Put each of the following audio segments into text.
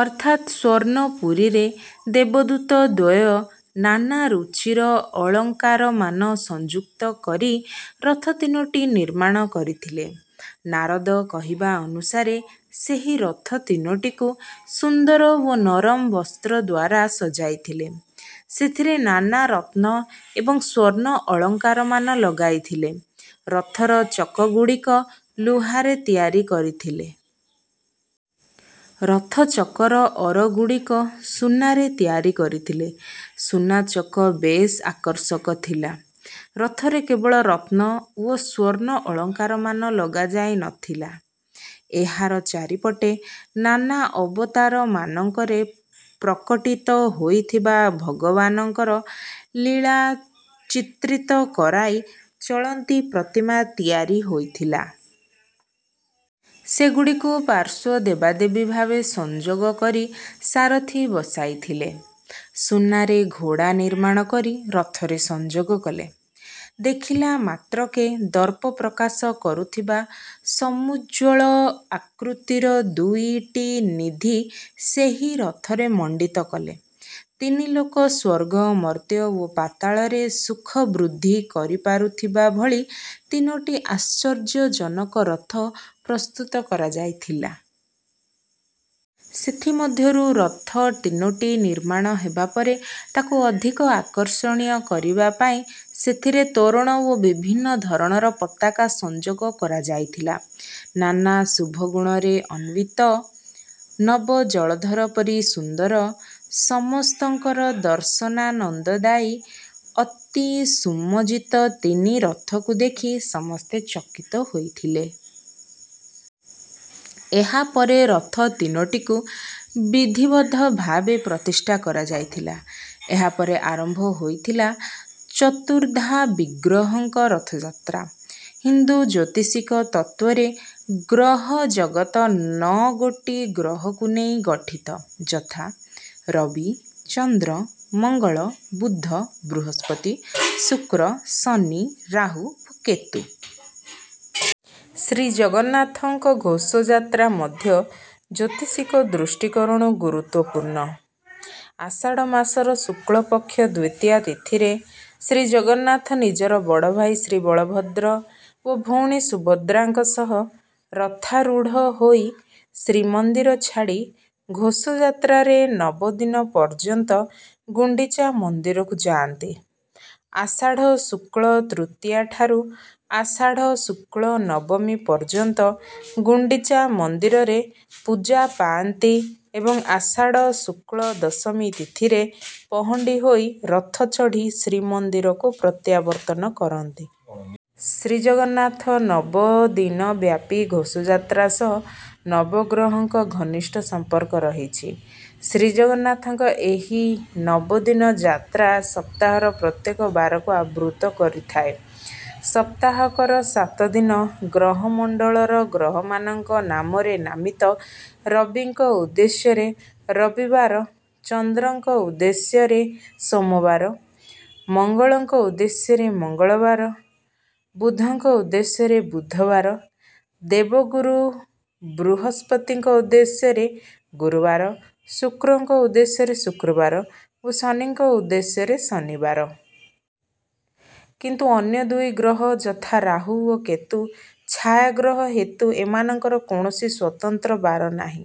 ଅର୍ଥାତ୍ ସ୍ୱର୍ଣ୍ଣପୁରୀରେ ଦେବଦୂତ ଦ୍ୱୟ ନାନା ରୁଚିର ଅଳଙ୍କାରମାନ ସଂଯୁକ୍ତ କରି ରଥ ତିନୋଟି ନିର୍ମାଣ କରିଥିଲେ। ନାରଦ କହିବା ଅନୁସାରେ ସେହି ରଥ ତିନୋଟିକୁ ସୁନ୍ଦର ଓ ନରମ ବସ୍ତ୍ର ଦ୍ୱାରା ସଜାଇଥିଲେ। ସେଥିରେ ନାନା ରତ୍ନ ଏବଂ ସ୍ୱର୍ଣ୍ଣ ଅଳଙ୍କାରମାନ ଲଗାଇଥିଲେ। ରଥର ଚକଗୁଡ଼ିକ ଲୁହାରେ ତିଆରି କରିଥିଲେ। ରଥଚକର ଅରଗୁଡ଼ିକ ସୁନାରେ ତିଆରି କରିଥିଲେ। ସୁନା ଚକ ବେଶ୍ ଆକର୍ଷକ ଥିଲା। ରଥରେ କେବଳ ରତ୍ନ ଓ ସ୍ୱର୍ଣ୍ଣ ଅଳଙ୍କାରମାନ ଲଗାଯାଇ ନ ଥିଲା, ଏହାର ଚାରିପଟେ ନାନା ଅବତାରମାନଙ୍କରେ ପ୍ରକଟିତ ହୋଇଥିବା ଭଗବାନଙ୍କର ଲୀଳା ଚିତ୍ରିତ କରାଇ ଚଳନ୍ତି ପ୍ରତିମା ତିଆରି ହୋଇଥିଲା। ସେଗୁଡ଼ିକୁ ପାର୍ଶ୍ୱ ଦେବାଦେବୀ ଭାବେ ସଂଯୋଗ କରି ସାରଥି ବସାଇଥିଲେ। ସୁନାରେ ଘୋଡ଼ା ନିର୍ମାଣ କରି ରଥରେ ସଂଯୋଗ କଲେ। ଦେଖିଲା ମାତ୍ରକେ ଦର୍ପ ପ୍ରକାଶ କରୁଥିବା ସମୁଜ୍ଜ୍ୱଳ ଆକୃତିର ଦୁଇଟି ନିଧି ସେହି ରଥରେ ମଣ୍ଡିତ କଲେ। ତିନି ଲୋକ ସ୍ୱର୍ଗ, ମର୍ତ୍ତ୍ୟ ଓ ପାତାଳରେ ସୁଖ ବୃଦ୍ଧି କରିପାରୁଥିବା ଭଳି ତିନୋଟି ଆଶ୍ଚର୍ଯ୍ୟଜନକ ରଥ ପ୍ରସ୍ତୁତ କରାଯାଇଥିଲା। ସେଥିମଧ୍ୟରୁ ରଥ ତିନୋଟି ନିର୍ମାଣ ହେବା ପରେ ତାକୁ ଅଧିକ ଆକର୍ଷଣୀୟ କରିବା ପାଇଁ ସେଥିରେ ତୋରଣ ଓ ବିଭିନ୍ନ ଧରଣର ପତାକା ସଂଯୋଗ କରାଯାଇଥିଲା। ନାନା ଶୁଭଗୁଣରେ ଅନ୍ୱିତ, ନବଜଳଧର ପରି ସୁନ୍ଦର, ସମସ୍ତଙ୍କ ଦର୍ଶନାନନ୍ଦଦାୟୀ ଅତି ସୁସଜ୍ଜିତ ତିନି ରଥକୁ ଦେଖି ସମସ୍ତେ ଚକିତ ହୋଇଥିଲେ। ଏହା ପରେ ରଥ ତିନୋଟିକୁ ବିଧିବଦ୍ଧ ଭାବେ ପ୍ରତିଷ୍ଠା କରାଯାଇଥିଲା। ଏହା ପରେ ଆରମ୍ଭ ହୋଇଥିଲା ଚତୁର୍ଦ୍ଧାବିଗ୍ରହଙ୍କ ରଥଯାତ୍ରା। ହିନ୍ଦୁ ଜ୍ୟୋତିଷିକ ତତ୍ତ୍ୱରେ ଗ୍ରହଜଗତ ନଅ ଗୋଟି ଗ୍ରହଙ୍କୁ ନେଇ ଗଠିତ, ଯଥା ରବି, ଚନ୍ଦ୍ର, ମଙ୍ଗଳ, ବୁଧ, ବୃହସ୍ପତି, ଶୁକ୍ର, ଶନି, ରାହୁ କେତୁ। ଶ୍ରୀଜଗନ୍ନାଥଙ୍କ ଘୋଷଯାତ୍ରା ମଧ୍ୟ ଜ୍ୟୋତିଷିକ ଦୃଷ୍ଟିକୋଣରୁ ଗୁରୁତ୍ୱପୂର୍ଣ୍ଣ। ଆଷାଢ଼ ମାସର ଶୁକ୍ଳପକ୍ଷ ଦ୍ୱିତୀୟା ତିଥିରେ ଶ୍ରୀଜଗନ୍ନାଥ ନିଜର ବଡ଼ଭାଇ ଶ୍ରୀବଳଭଦ୍ର ଓ ଭଉଣୀ ସୁଭଦ୍ରାଙ୍କ ସହ ରଥାରୂଢ଼ ହୋଇ ଶ୍ରୀମନ୍ଦିର ଛାଡ଼ି ଘୋଷଯାତ୍ରାରେ ନବଦିନ ପର୍ଯ୍ୟନ୍ତ ଗୁଣ୍ଡିଚା ମନ୍ଦିରକୁ ଯାଆନ୍ତି। ଆଷାଢ଼ ଶୁକ୍ଳ ତୃତୀୟାଠାରୁ ଆଷାଢ଼ ଶୁକ୍ଳ ନବମୀ ପର୍ଯ୍ୟନ୍ତ ଗୁଣ୍ଡିଚା ମନ୍ଦିରରେ ପୂଜା ପାଆନ୍ତି ଏବଂ ଆଷାଢ଼ ଶୁକ୍ଳ ଦଶମୀ ତିଥିରେ ପହଣ୍ଡି ହୋଇ ରଥ ଚଢ଼ି ଶ୍ରୀମନ୍ଦିରକୁ ପ୍ରତ୍ୟାବର୍ତ୍ତନ କରନ୍ତି। ଶ୍ରୀଜଗନ୍ନାଥ ନବଦିନବ୍ୟାପୀ ଘୋଷଯାତ୍ରା ସହ ନବଗ୍ରହଙ୍କ ଘନିଷ୍ଠ ସମ୍ପର୍କ ରହିଛି। ଶ୍ରୀଜଗନ୍ନାଥଙ୍କ ଏହି ନବଦିନ ଯାତ୍ରା ସପ୍ତାହର ପ୍ରତ୍ୟେକ ବାରକୁ ଆବୃତ୍ତ କରିଥାଏ। ସପ୍ତାହକର ସାତ ଦିନ ଗ୍ରହମଣ୍ଡଳର ଗ୍ରହମାନଙ୍କ ନାମରେ ନାମିତ ରବିଙ୍କ ଉଦ୍ଦେଶ୍ୟରେ ରବିବାର, ଚନ୍ଦ୍ରଙ୍କ ଉଦ୍ଦେଶ୍ୟରେ ସୋମବାର, ମଙ୍ଗଳଙ୍କ ଉଦ୍ଦେଶ୍ୟରେ ମଙ୍ଗଳବାର, ବୁଧଙ୍କ ଉଦ୍ଦେଶ୍ୟରେ ବୁଧବାର, ଦେବଗୁରୁ ବୃହସ୍ପତିଙ୍କ ଉଦ୍ଦେଶ୍ୟରେ ଗୁରୁବାର, ଶୁକ୍ରଙ୍କ ଉଦ୍ଦେଶ୍ୟରେ ଶୁକ୍ରବାର ଓ ଶନିଙ୍କ ଉଦ୍ଦେଶ୍ୟରେ ଶନିବାର। କିନ୍ତୁ ଅନ୍ୟ ଦୁଇ ଗ୍ରହ, ଯଥା ରାହୁ ଓ କେତୁ ଛାୟାଗ୍ରହ ହେତୁ ଏମାନଙ୍କର କୌଣସି ସ୍ୱତନ୍ତ୍ର ବାର ନାହିଁ।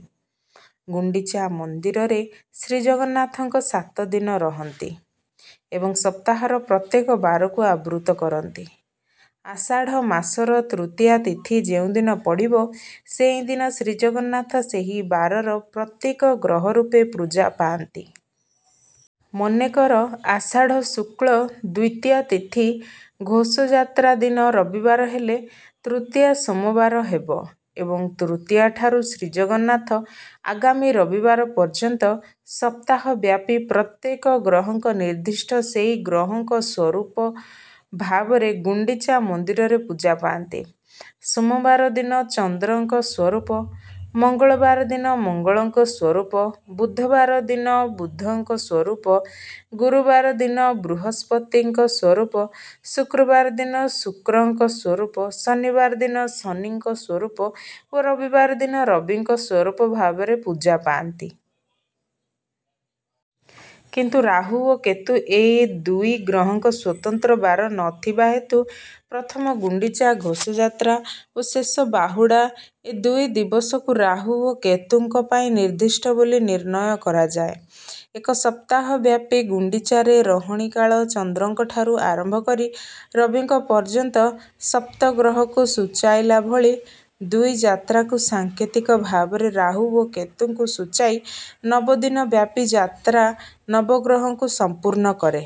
ଗୁଣ୍ଡିଚା ମନ୍ଦିରରେ ଶ୍ରୀଜଗନ୍ନାଥ ସାତ ଦିନ ରହନ୍ତି ଏବଂ ସପ୍ତାହର ପ୍ରତ୍ୟେକ ବାରକୁ ଆବୃତ୍ତ କରନ୍ତି। ଆଷାଢ଼ ମାସର ତୃତୀୟା ତିଥି ଯେଉଁଦିନ ପଡ଼ିବ, ସେହିଦିନ ଶ୍ରୀଜଗନ୍ନାଥ ସେହି ବାରର ପ୍ରତୀକ ଗ୍ରହ ରୂପେ ପୂଜା ପାଆନ୍ତି। ମନେକର ଆଷାଢ଼ ଶୁକ୍ଳ ଦ୍ୱିତୀୟା ତିଥି ଘୋଷଯାତ୍ରା ଦିନ ରବିବାର ହେଲେ, ତୃତୀୟା ସୋମବାର ହେବ ଏବଂ ତୃତୀୟାଠାରୁ ଶ୍ରୀଜଗନ୍ନାଥ ଆଗାମୀ ରବିବାର ପର୍ଯ୍ୟନ୍ତ ସପ୍ତାହବ୍ୟାପୀ ପ୍ରତ୍ୟେକ ଗ୍ରହଙ୍କ ନିର୍ଦ୍ଦିଷ୍ଟ ସେହି ଗ୍ରହଙ୍କ ସ୍ୱରୂପ ଭାବରେ ଗୁଣ୍ଡିଚା ମନ୍ଦିରରେ ପୂଜା ପାଆନ୍ତି। ସୋମବାର ଦିନ ଚନ୍ଦ୍ରଙ୍କ ସ୍ୱରୂପ, ମଙ୍ଗଳବାର ଦିନ ମଙ୍ଗଳଙ୍କ ସ୍ୱରୂପ, ବୁଧବାର ଦିନ ବୁଧଙ୍କ ସ୍ୱରୂପ, ଗୁରୁବାର ଦିନ ବୃହସ୍ପତିଙ୍କ ସ୍ୱରୂପ, ଶୁକ୍ରବାର ଦିନ ଶୁକ୍ରଙ୍କ ସ୍ୱରୂପ, ଶନିବାର ଦିନ ଶନିଙ୍କ ସ୍ୱରୂପ ଓ ରବିବାର ଦିନ ରବିଙ୍କ ସ୍ୱରୂପ ଭାବରେ ପୂଜା ପାଆନ୍ତି। କିନ୍ତୁ ରାହୁ ଓ କେତୁ ଏ ଦୁଇ ଗ୍ରହଙ୍କ ସ୍ୱତନ୍ତ୍ର ବାର ନ ଥିବା ହେତୁ ପ୍ରଥମ ଗୁଣ୍ଡିଚା ଘୋଷଯାତ୍ରା ଓ ଶେଷ ବାହୁଡ଼ା, ଏ ଦୁଇ ଦିବସକୁ ରାହୁ ଓ କେତୁଙ୍କ ପାଇଁ ନିର୍ଦ୍ଦିଷ୍ଟ ବୋଲି ନିର୍ଣ୍ଣୟ କରାଯାଏ। ଏକ ସପ୍ତାହବ୍ୟାପୀ ଗୁଣ୍ଡିଚାରେ ରହଣି କାଳ ଚନ୍ଦ୍ରଙ୍କଠାରୁ ଆରମ୍ଭ କରି ରବିଙ୍କ ପର୍ଯ୍ୟନ୍ତ ସପ୍ତଗ୍ରହକୁ ସୂଚାଇଲା ଭଳି ଦୁଇ ଯାତ୍ରାକୁ ସାଙ୍କେତିକ ଭାବରେ ରାହୁ ଓ କେତୁଙ୍କୁ ସୂଚାଇ ନବଦିନବ୍ୟାପୀ ଯାତ୍ରା ନବଗ୍ରହକୁ ସମ୍ପୂର୍ଣ୍ଣ କରେ।